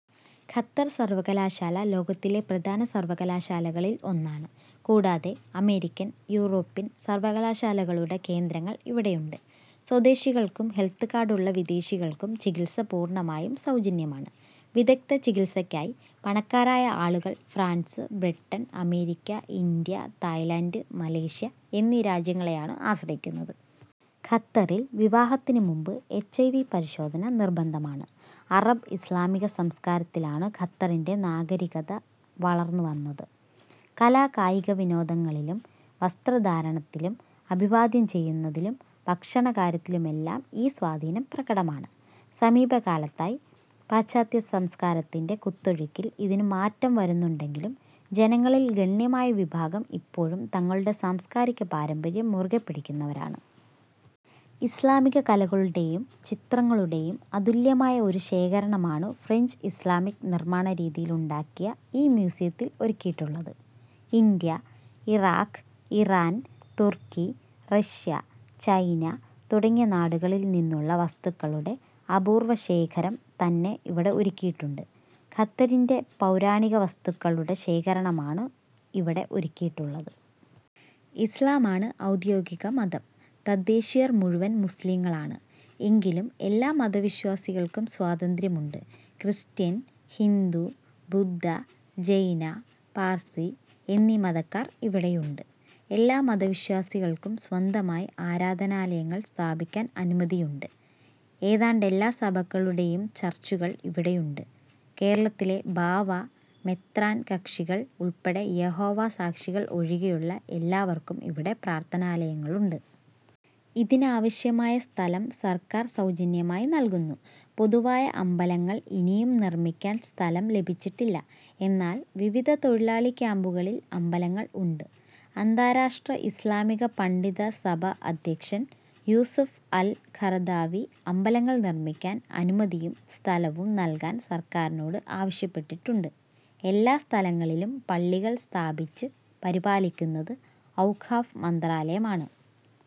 Qatar സർവ്വകലാശാല ലോകത്തിലെ പ്രധാന സർവകലാശാലകളിൽ ഒന്നാണ്. കൂടാതെ അമേരിക്കൻ, യൂറോപ്യൻ സർവകലാശാലകളുടെ കേന്ദ്രങ്ങൾ ഇവിടെ ഉണ്ട്. സ്വദേശികൾക്കും ഹെൽത്ത് കാർഡുള്ള വിദേശികൾക്കും ചികിത്സ പൂർണ്ണമായും സൗജന്യമാണ്. വിദഗ്ദ്ധ ചികിത്സക്കായി പണക്കാരായ ആളുകൾ France, Britain, America, India, Thailand, Malaysia എന്നീ രാജ്യങ്ങളെയാണു ആശ്രയിക്കുന്നത്. ഖത്തറിൽ വിവാഹത്തിനു മുമ്പു എച്. ഐ. വി. പരിശോധന നിർബന്ധമാണ്. അറബ് ഇസ്ലാമിക സംസകാരത്തിലാണു ഖത്തറിന്റെ നാഗരികത വളർന്നുവന്നത്. കലാ കായിക വിനോദങ്ങളിലും, വസ്ത്രധാരണത്തിലും, അഭിവാദ്യം ചെയ്യുന്നതിലും, ഭക്ഷണകാര്യത്തിലുമെല്ലാം ഈ സ്വാധീനം പ്രകടമാണ്. സമീപ കാലത്തായി പശ്ചാത്യ സംസകാരത്തിന്റെ കുത്തൊഴുക്കിൽ ഇതിനു മാറ്റം വരുന്നുണ്ടെങ്കിലും ജനങ്ങളിൽ ഗണ്യമായ വിഭാഗം ഇപ്പോഴും തങ്ങളുടെ സാംസ്കാരിക പാരമ്പര്യം മുറുകെ പിടിക്കുന്നവരാണ്. ഇസ്ലാമിക കലകളുടെയും, ചിത്രങ്ങളുടെയും അതുല്യമായ ഒരു ശേഖരണമാണു ഫ്രെഞ്ച് ഇസ്ലാമിക് നിർമ്മാണ രീതിയിൽ ഉണ്ടാക്കിയ ഈ മ്യൂസിയത്തിൽ ഒരുക്കിയിട്ടുള്ളതു. ഇന്ത്യ, ഇറാഖ്, ഇറാൻ, തുർക്കി, റഷ്യ, ചൈന തുടങ്ങിയ നാടുകളിൽ നിന്നുള്ള വസ്തുക്കളുടെ അപൂർവശേഖരം തന്നെ ഇവിടെ ഒരുക്കിയിട്ടുണ്ട്. ഖത്തരിന്റെ പൗരാണിക വസ്തുക്കളുടെ ശേഖരണമാണു ഇവിടെ ഒരുക്കിയിട്ടുള്ളത്. ഇസ്ലാമാണു ഔദ്യോഗിക മതം. തദ്ദേശിയർ മുഴുവൻ മുസ്ലിംകളാണ്. എങ്കിലും എല്ലാ മതവിശ്വാസികൾക്കും സ്വാതന്ത്ര്യമുണ്ട്. ക്രിസ്ത്യൻ, ഹിന്ദു, ബുദ്ധ, ജൈന, പാർസി എന്നീ മതക്കാർ ഇവിടെയുണ്ട്. എല്ലാ മത വിശ്വാസികൾക്കും സ്വന്തമായി ആരാധനാലയങ്ങൾ സ്ഥാപിക്കാൻ അനുമതിയുണ്ട്. ഏതാണ്ടെല്ലാ സഭക്കളുടെയും ചർച്ചുകൾ ഇവിടെയുണ്ട്. കേരളത്തിലെ ബാവ, മെത്രാൻ കക്ഷികൾ ഉൾപ്പെടെ യഹോവ സാക്ഷികൾ ഒഴികെയുള്ള എല്ലാവർക്കും ഇവിടെ പ്രാർത്ഥനാലയങ്ങളുണ്ട്. ഇതിനാവശ്യമായ സ്ഥലം സർക്കാർ സൗജന്യമായി നൽകുന്നു. പൊതുവായ അമ്പലങ്ങൾ ഇനിയും നിർമ്മിക്കാൻ സ്ഥലം ലഭിച്ചിട്ടില്ല. എന്നാൽ വിവിധ തൊഴിലാളി ക്യമ്പുകളിൽ അമ്പലങ്ങൾ ഉണ്ട്. അന്താരാഷ്ട്രാ ഇസ്ലാമിക പണ്ഡിതസഭ അധ്യക്ഷൻ യൂസുഫ് അൽ ഖറദാവി അമ്പലങ്ങൾ നിർമ്മിക്കാൻ അനുമതിയും സ്ഥലവും നൽകാൻ സർക്കാരിനോട് ആവശ്യപ്പെട്ടിട്ടുണ്ട്. എല്ലാ സ്ഥലങ്ങളിലും പള്ളികൾ സ്ഥാപിച്ച് പരിപാലിക്കുന്നത് ഔഖാഫ് മന്ത്രാലയമാണ്.